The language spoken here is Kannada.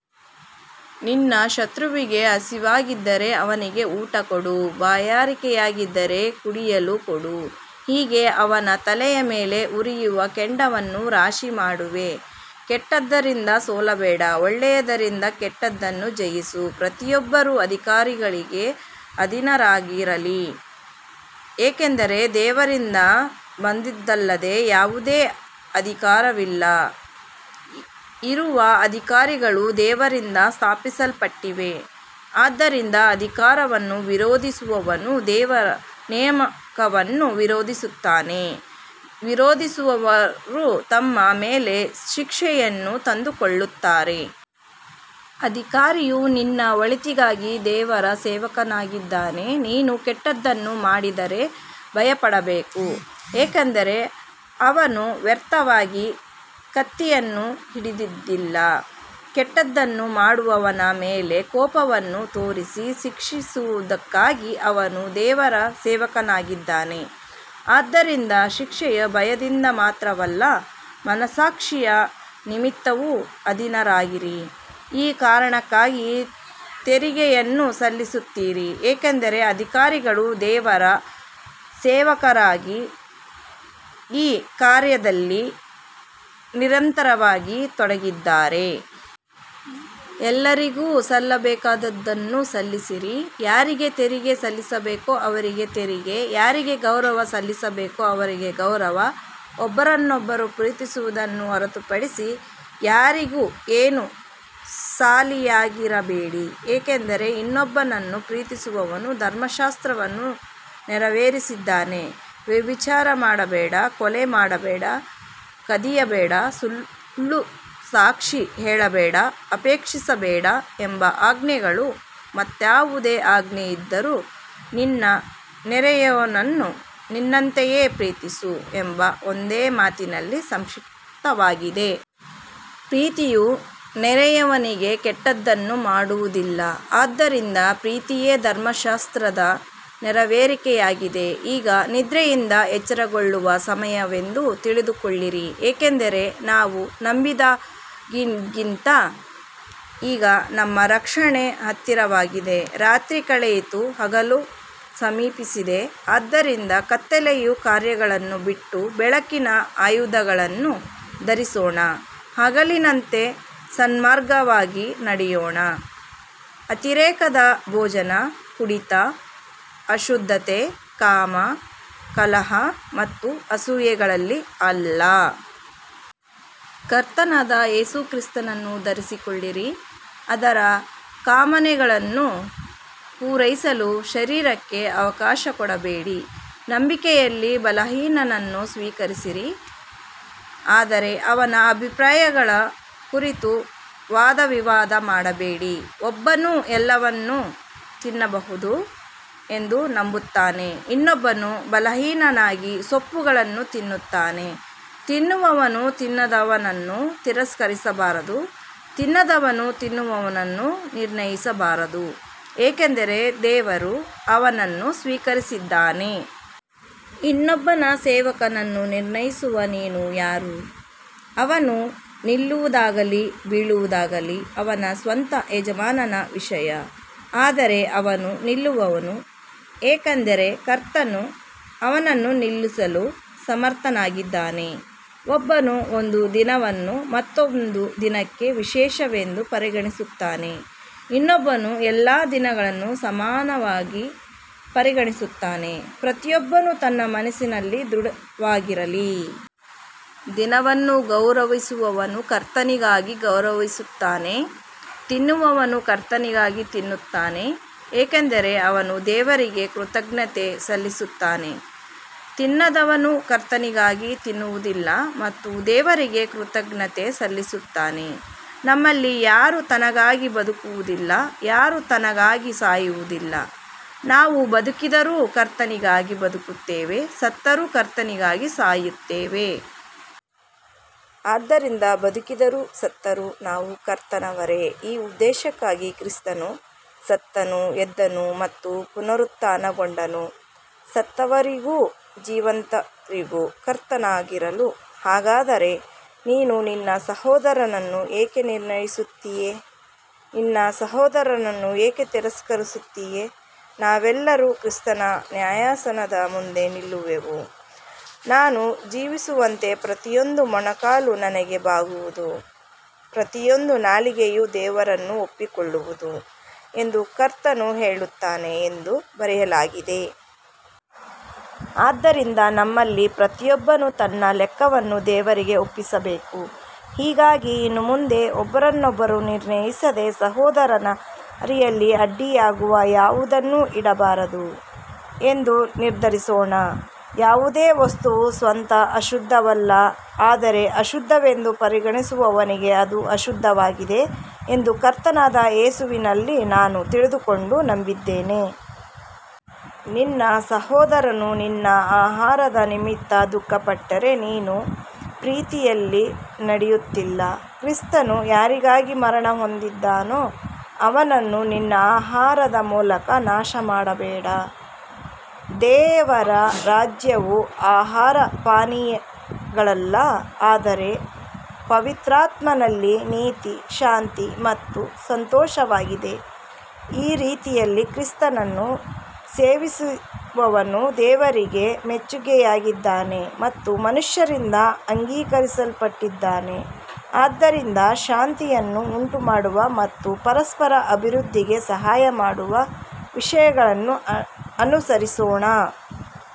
ನಿನ್ನ ಶತ್ರುವಿಗೆ ಹಸಿವಾಗಿದ್ದರೆ ಅವನಿಗೆ ಊಟಕೊಡು, ಬಾಯಾರಿಕೆಯಾಗಿದ್ದರೆ ಕುಡಿಯಲು ಕೊಡು, ಹೀಗೆ ಅವನ ತಲೆಯ ಮೇಲೆ ಉರಿಯುವ ಕೆಂಡವನ್ನು ರಾಶಿಮಾಡುವೆ. ಕೆಟ್ಟದ್ದರಿಂದ ಸೋಲಬೇಡ, ಒಳ್ಳೆಯದರಿಂದ ಕೆಟ್ಟದ್ದನ್ನು ಜಯಿಸು. ಪ್ರತಿಯೊಬ್ಬರೂ ಅಧಿಕಾರಿಗಳಿಗೆ ಅಧೀನರಾಗಿರಲಿ, ಏಕೆಂದರೆ ದೇವರಿಂದ ಬಂದದ್ದಲ್ಲದೆ ಯಾವುದೇ ಅಧಿಕಾರವಿಲ್ಲ, ಇರುವ ಅಧಿಕಾರಗಳು ದೇವರಿಂದ ಸ್ಥಾಪಿಸಲ್ಪಟ್ಟಿವೆ. ಆದ್ದರಿಂದ ಅಧಿಕಾರವನ್ನು ವಿರೋಧಿಸುವವನು ದೇವರ ನೇಮಕವನ್ನು ವಿರೋಧಿಸುತ್ತಾನೆ, ವಿರೋಧಿಸುವವರು ತಮ್ಮ ಮೇಲೆ ಶಿಕ್ಷೆಯನ್ನು ತಂದುಕೊಳ್ಳುತ್ತಾರೆ. ಅಧಿಕಾರಿಯು ನಿನ್ನ ಒಳಿತಿಗಾಗಿ ದೇವರ ಸೇವಕನಾಗಿದ್ದಾನೆ. ನೀನು ಕೆಟ್ಟದ್ದನ್ನು ಮಾಡಿದರೆ ಭಯಪಡಬೇಕು, ಏಕೆಂದರೆ ಅವನು ವ್ಯರ್ಥವಾಗಿ ಕತ್ತಿಯನ್ನು ಹಿಡಿದಿಲ್ಲ. ಕೆಟ್ಟದ್ದನ್ನು ಮಾಡುವವನ ಮೇಲೆ ಕೋಪವನ್ನು ತೋರಿಸಿ ಶಿಕ್ಷಿಸುವುದಕ್ಕಾಗಿ ಅವನು ದೇವರ ಸೇವಕನಾಗಿದ್ದಾನೆ. ಆದ್ದರಿಂದ ಶಿಕ್ಷೆಯ ಭಯದಿಂದ ಮಾತ್ರವಲ್ಲ, ಮನಸ್ಸಾಕ್ಷಿಯ ನಿಮಿತ್ತವೂ ಅಧೀನರಾಗಿರಿ. ಈ ಕಾರಣಕ್ಕಾಗಿ ತೆರಿಗೆಯನ್ನೂ ಸಲ್ಲಿಸುತ್ತೀರಿ, ಏಕೆಂದರೆ ಅಧಿಕಾರಿಗಳು ದೇವರ ಸೇವಕರಾಗಿ ಈ ಕಾರ್ಯದಲ್ಲೇ ನಿರಂತರವಾಗಿ ತೊಡಗಿದ್ದಾರೆ. ಎಲ್ಲರಿಗೂ ಸಲ್ಲಬೇಕಾದದ್ದನ್ನು ಸಲ್ಲಿಸಿರಿ, ಯಾರಿಗೆ ತೆರಿಗೆ ಸಲ್ಲಬೇಕೋ ಅವರಿಗೆ ತೆರಿಗೆ, ಯಾರಿಗೆ ಗೌರವ ಸಲ್ಲಬೇಕೋ ಅವರಿಗೆ ಗೌರವ. ಒಬ್ಬರನ್ನೊಬ್ಬರು ಪ್ರೀತಿಸುವುದನ್ನು ಹೊರತುಪಡಿಸಿ ಯಾರಿಗೂ ಏನೂ ಸಾಲಿಯಾಗಿರಬೇಡಿ, ಏಕೆಂದರೆ ಇನ್ನೊಬ್ಬನನ್ನು ಪ್ರೀತಿಸುವವನು ಧರ್ಮಶಾಸ್ತ್ರವನ್ನು ನೆರವೇರಿಸಿದ್ದಾನೆ. ವ್ಯಭಿಚಾರ ಮಾಡಬೇಡ, ಕೊಲೆ ಮಾಡಬೇಡ, ಕದಿಯಬೇಡ, ಸುಳ್ಳು ಸಾಕ್ಷಿ ಹೇಳಬೇಡ, ಅಪೇಕ್ಷಿಸಬೇಡ ಎಂಬ ಆಜ್ಞೆಗಳೂ ಮತ್ತಾವುದೇ ಆಜ್ಞೆಯಿದ್ದರೂ, ನಿನ್ನ ನೆರೆಯವನನ್ನು ನಿನ್ನಂತೆಯೇ ಪ್ರೀತಿಸು ಎಂಬ ಒಂದೇ ಮಾತಿನಲ್ಲಿ ಸಂಕ್ಷಿಪ್ತವಾಗಿವೆ. ಪ್ರೀತಿಯು ನೆರೆಯವನಿಗೆ ಕೆಟ್ಟದ್ದನ್ನು ಮಾಡುವುದಿಲ್ಲ, ಆದ್ದರಿಂದ ಪ್ರೀತಿಯೇ ಧರ್ಮಶಾಸ್ತ್ರದ ನೆರವೇರಿಕೆಯಾಗಿದೆ. ಈಗ ನಿದ್ರೆಯಿಂದ ಎಚ್ಚರಗೊಳ್ಳುವ ಸಮಯವೆಂದು ತಿಳಿದುಕೊಳ್ಳಿರಿ, ಏಕೆಂದರೆ ನಾವು ನಂಬಿದಾಗಿಗಿಂತ ಈಗ ನಮ್ಮ ರಕ್ಷಣೆ ಹತ್ತಿರವಾಗಿದೆ. ರಾತ್ರಿ ಕಳೆಯಿತು, ಹಗಲು ಸಮೀಪಿಸಿದೆ. ಆದ್ದರಿಂದ ಕತ್ತಲೆಯ ಕಾರ್ಯಗಳನ್ನು ಬಿಟ್ಟು ಬೆಳಕಿನ ಆಯುಧಗಳನ್ನು ಧರಿಸೋಣ. ಹಗಲಿನಂತೆ ಸನ್ಮಾರ್ಗವಾಗಿ ನಡೆಯೋಣ, ಅತಿರೇಕದ ಭೋಜನ, ಕುಡಿತ, ಅಶುದ್ಧತೆ, ಕಾಮ, ಕಲಹ ಮತ್ತು ಅಸೂಯೆಗಳಲ್ಲಿ ಅಲ್ಲ. ಕರ್ತನಾದ ಯೇಸು ಕ್ರಿಸ್ತನನ್ನು ಧರಿಸಿಕೊಳ್ಳಿರಿ, ಅದರ ಕಾಮನೆಗಳನ್ನು ಪೂರೈಸಲು ಶರೀರಕ್ಕೆ ಅವಕಾಶ ಕೊಡಬೇಡಿ. ನಂಬಿಕೆಯಲ್ಲಿ ಬಲಹೀನನನ್ನು ಸ್ವೀಕರಿಸಿರಿ, ಆದರೆ ಅವನ ಅಭಿಪ್ರಾಯಗಳ ಕುರಿತು ವಾದವಿವಾದ ಮಾಡಬೇಡಿ. ಒಬ್ಬನು ಎಲ್ಲವನ್ನೂ ತಿನ್ನಬಹುದು ಎಂದು ನಂಬುತ್ತಾನೆ, ಇನ್ನೊಬ್ಬನು ಬಲಹೀನನಾಗಿ ಸೊಪ್ಪುಗಳನ್ನು ತಿನ್ನುತ್ತಾನೆ. ತಿನ್ನುವವನು ತಿನ್ನದವನನ್ನು ತಿರಸ್ಕರಿಸಬಾರದು, ತಿನ್ನದವನು ತಿನ್ನುವವನನ್ನು ನಿರ್ಣಯಿಸಬಾರದು, ಏಕೆಂದರೆ ದೇವರು ಅವನನ್ನು ಸ್ವೀಕರಿಸಿದ್ದಾನೆ. ಇನ್ನೊಬ್ಬನ ಸೇವಕನನ್ನು ನಿರ್ಣಯಿಸುವ ನೀನು ಯಾರು. ಅವನು ನಿಲ್ಲುವುದಾಗಲಿ ಬೀಳುವುದಾಗಲಿ ಅವನ ಸ್ವಂತ ಯಜಮಾನನ ವಿಷಯ, ಆದರೆ ಅವನು ನಿಲ್ಲುವನು, ಏಕೆಂದರೆ ಕರ್ತನು ಅವನನ್ನು ನಿಲ್ಲಿಸಲು ಸಮರ್ಥನಾಗಿದ್ದಾನೆ. ಒಬ್ಬನು ಒಂದು ದಿನವನ್ನು ಮತ್ತೊಂದು ದಿನಕ್ಕಿಂತ ವಿಶೇಷವೆಂದು ಪರಿಗಣಿಸುತ್ತಾನೆ, ಇನ್ನೊಬ್ಬನು ಎಲ್ಲ ದಿನಗಳನ್ನೂ ಸಮಾನವಾಗಿ ಪರಿಗಣಿಸುತ್ತಾನೆ. ಪ್ರತಿಯೊಬ್ಬನು ತನ್ನ ಮನಸ್ಸಿನಲ್ಲಿ ದೃಢವಾಗಿರಲಿ. ದಿನವನ್ನು ಗೌರವಿಸುವವನು ಕರ್ತನಿಗಾಗಿ ಗೌರವಿಸುತ್ತಾನೆ. ತಿನ್ನುವವನು ಕರ್ತನಿಗಾಗಿ ತಿನ್ನುತ್ತಾನೆ, ಏಕೆಂದರೆ ಅವನು ದೇವರಿಗೆ ಕೃತಜ್ಞತೆ ಸಲ್ಲಿಸುತ್ತಾನೆ. ತಿನ್ನದವನೂ ಕರ್ತನಿಗಾಗಿ ತಿನ್ನುವುದಿಲ್ಲ ಮತ್ತು ದೇವರಿಗೆ ಕೃತಜ್ಞತೆ ಸಲ್ಲಿಸುತ್ತಾನೆ. ನಮ್ಮಲ್ಲಿ ಯಾರೂ ತನಗಾಗಿ ಬದುಕುವುದಿಲ್ಲ, ಯಾರೂ ತನಗಾಗಿ ಸಾಯುವುದಿಲ್ಲ. ನಾವು ಬದುಕಿದರೂ ಕರ್ತನಿಗಾಗಿ ಬದುಕುತ್ತೇವೆ, ಸತ್ತರೂ ಕರ್ತನಿಗಾಗಿ ಸಾಯುತ್ತೇವೆ. ಆದ್ದರಿಂದ ಬದುಕಿದರೂ ಸತ್ತರೂ ನಾವು ಕರ್ತನವರೇ. ಈ ಉದ್ದೇಶಕ್ಕಾಗಿ ಕ್ರಿಸ್ತನು ಸತ್ತನು, ಎದ್ದನು ಮತ್ತು ಪುನರುತ್ಥಾನಗೊಂಡನು, ಸತ್ತವರಿಗೂ ಜೀವಂತರಿಗೂ ಕರ್ತನಾಗಿರಲು. ಹಾಗಾದರೆ ನೀನು ನಿನ್ನ ಸಹೋದರನನ್ನು ಏಕೆ ನಿರ್ಣಯಿಸುತ್ತೀಯೆ, ನಿನ್ನ ಸಹೋದರನನ್ನು ಏಕೆ ತಿರಸ್ಕರಿಸುತ್ತೀಯೆ. ನಾವೆಲ್ಲರೂ ಕ್ರಿಸ್ತನ ನ್ಯಾಯಾಸನದ ಮುಂದೆ ನಿಲ್ಲುವೆವು. ನಾನು ಜೀವಿಸುವಂತೆ, ಪ್ರತಿಯೊಂದು ಮೊಣಕಾಲು ನನಗೆ ಬಾಗುವುದು, ಪ್ರತಿಯೊಂದು ನಾಲಿಗೆಯೂ ದೇವರನ್ನು ಒಪ್ಪಿಕೊಳ್ಳುವುದು ಎಂದು ಕರ್ತನು ಹೇಳುತ್ತಾನೆ ಎಂದು ಬರೆಯಲಾಗಿದೆ. ಆದ್ದರಿಂದ ನಮ್ಮಲ್ಲಿ ಪ್ರತಿಯೊಬ್ಬನು ತನ್ನ ಲೆಕ್ಕವನ್ನು ದೇವರಿಗೆ ಒಪ್ಪಿಸಬೇಕು. ಹೀಗಾಗಿ ಇನ್ನು ಮುಂದೆ ಒಬ್ಬರನ್ನೊಬ್ಬರು ನಿರ್ಣಯಿಸದೆ, ಸಹೋದರನ ದಾರಿಯಲ್ಲಿ ಅಡ್ಡಿಯಾಗುವ ಯಾವುದನ್ನೂ ಇಡಬಾರದು ಎಂದು ನಿರ್ಧರಿಸೋಣ. ಯಾವುದೇ ವಸ್ತುವೂ ಸ್ವತಃ ಅಶುದ್ಧವಲ್ಲ, ಆದರೆ ಅಶುದ್ಧವೆಂದು ಪರಿಗಣಿಸುವವನಿಗೆ ಅದು ಅಶುದ್ಧವಾಗಿದೆ ಎಂದು ಕರ್ತನಾದ ಯೇಸುವಿನಲ್ಲಿ ನಾನು ತಿಳಿದುಕೊಂಡು ನಂಬಿದ್ದೇನೆ. ನಿನ್ನ ಸಹೋದರನು ನಿನ್ನ ಆಹಾರದ ನಿಮಿತ್ತ ದುಃಖಪಟ್ಟರೆ, ನೀನು ಪ್ರೀತಿಯಲ್ಲಿ ನಡೆಯುತ್ತಿಲ್ಲ. ಕ್ರಿಸ್ತನು ಯಾರಿಗಾಗಿ ಮರಣಹೊಂದಿದನೋ, ಅವನನ್ನು ನಿನ್ನ ಆಹಾರದ ಮೂಲಕ ನಾಶಮಾಡಬೇಡ. ದೇವರ ರಾಜ್ಯವು ಆಹಾರಪಾನೀಯಗಳಲ್ಲ, ಆದರೆ ಪವಿತ್ರಾತ್ಮನಲ್ಲಿ ನೀತಿ, ಶಾಂತಿ ಮತ್ತು ಸಂತೋಷವಾಗಿದೆ. ಈ ರೀತಿಯಲ್ಲಿ ಕ್ರಿಸ್ತನನ್ನು ಸೇವಿಸುವವನು ದೇವರಿಗೆ ಮೆಚ್ಚುಗೆಯಾಗಿದ್ದಾನೆ ಮತ್ತು ಮನುಷ್ಯರಿಂದ ಅಂಗೀಕರಿಸಲ್ಪಟ್ಟಿದ್ದಾನೆ. ಆದ್ದರಿಂದ ಶಾಂತಿಯನ್ನು ಉಂಟುಮಾಡುವ ಮತ್ತು ಪರಸ್ಪರ ಅಭಿವೃದ್ಧಿಗೆ ಸಹಾಯಮಾಡುವ ವಿಷಯಗಳನ್ನು ಅನುಸರಿಸೋಣ.